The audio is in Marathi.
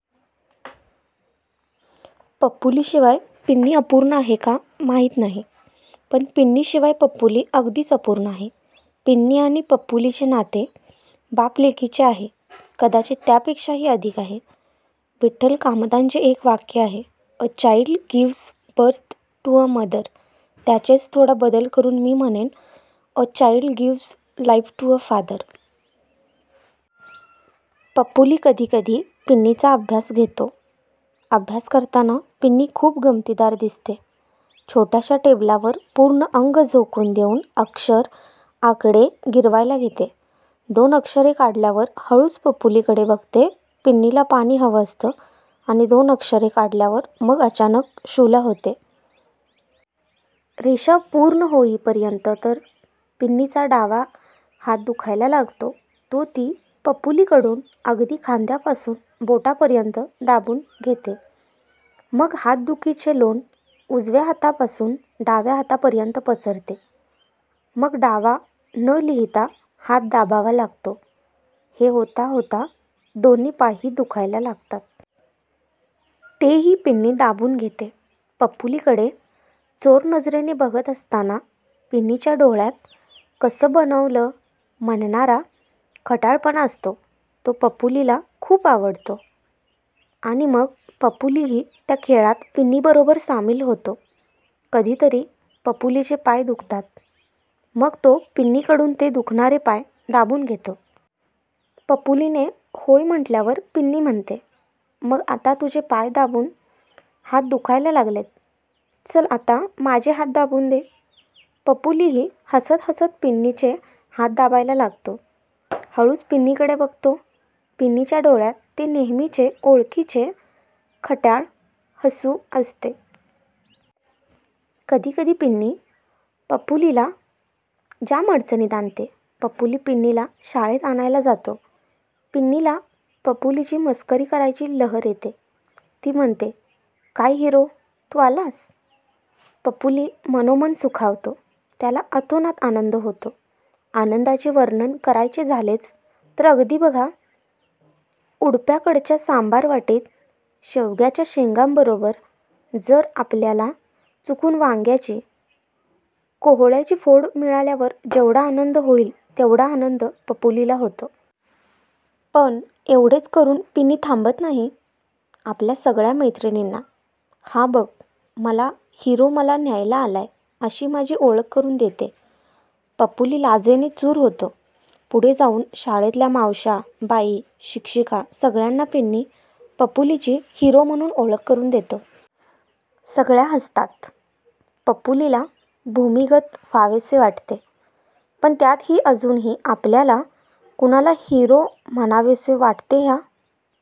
पप्पूलीशिवाय पिन्नी अपूर्ण आहे का माहीत नाही पण पिन्नीशिवाय पप्पूली अगदीच अपूर्ण आहे. पिन्नी आणि पप्पूलीचे नाते बाप-लेकीचे आहे, कदाचित त्यापेक्षाही अधिक आहे. विठ्ठल कामतांचे एक वाक्य आहे, a child gives birth to a mother, त्याचेच थोडा बदल करून मी म्हणेन, a child gives life to a father. Pappuli कधी कधी पिन्नीचा अभ्यास घेतो. अभ्यास करताना पिन्नी खूप गमतीदार दिसते. छोट्याशा टेबलावर पूर्ण अंग झोकून देऊन अक्षर आकडे गिरवायला घेते. दोन अक्षरे काढल्यावर हळूच पप्पूलीकडे बघते. पिन्नीला पाणी हवं असतं. आणि दोन अक्षरे काढल्यावर मग अचानक शू ला होते. रेषा पूर्ण होईपर्यंत तर पिन्नीचा डावा हात दुखायला लागतो. तो ती पप्पूलीकडून अगदी खांद्यापासून बोटांपर्यंत दाबून घेते. मग हातदुखीचे लोण उजव्या हातापासून डाव्या हातापर्यंत पसरते. मग डावा न-लिहिता हात दाबावा लागतो. हे होता होता दोन्ही पायही दुखायला लागतात. तेही पिन्नी दाबून घेते. पप्पूलीकडे चोरनजरेने बघत असताना पिन्नीच्या डोळ्यांत कसं बनवलं? म्हणणारा खट्याळपणा असतो. तो पप्पूलीला खूप आवडतो. आणि मग पप्पूलीही त्या खेळात पिन्नीबरोबर सामील होतो. कधी तरी पप्पूलीचे पाय दुखतात मग तो पिन्नीकडून ते दुखणारे पाय दाबून घेतो. पप्पूलीने होय म्हटल्यावर पिन्नी म्हणते, मग आता तुझे पाय दाबून हात दुखायला लागलेत, चल आता माझे हात दाबून दे. पप्पूलीही हसत हसत पिन्नीचे हात दाबायला लागतो. हळूच पिन्नीकडे बघतो. पिन्नीच्या डोळ्यांत ते नेहमीचे ओळखीचे खट्याळ हसू असते. कधी कधी पिन्नी पप्पूलीला जाम अडचणीत आणते. पप्पूली पिन्नीला शाळेत आणायला जातो. पिन्नीला पप्पूलीची मस्करी करायची लहर येते. ती म्हणते, काय हिरो, तू आलास? पप्पूली मनोमन सुखावतो, त्याला अतोनात आनंद होतो. आनंदाचे वर्णन करायचे झालेच तर अगदी बघा, उडप्याकडच्या सांबार वाटीत शेवग्याच्या शेंगांबरोबर जर आपल्याला चुकून वांग्याची, कोहोळ्याची फोड मिळाल्यावर जेवढा आनंद होईल तेवढा आनंद पप्पूलीला होतो. पण एवढेच करून पिन्नी थांबत नाही. आपल्या सगळ्या मैत्रिणींना, हा बघ मला हिरो मला न्यायला आलाय अशी माझी ओळख करून देते. पप्पूली लाजेने चूर होतो. पुढे जाऊन शाळेतल्या मावश्या, बाई, शिक्षिका सगळ्यांना पिन्नी पप्पूलीची हिरो म्हणून ओळख करून देतो. सगळ्या हसतात. पप्पूलीला भूमिगत व्हावेसे वाटते. पण त्यातही अजूनही आपल्याला कुणाला हिरो म्हणावेसे वाटते ह्या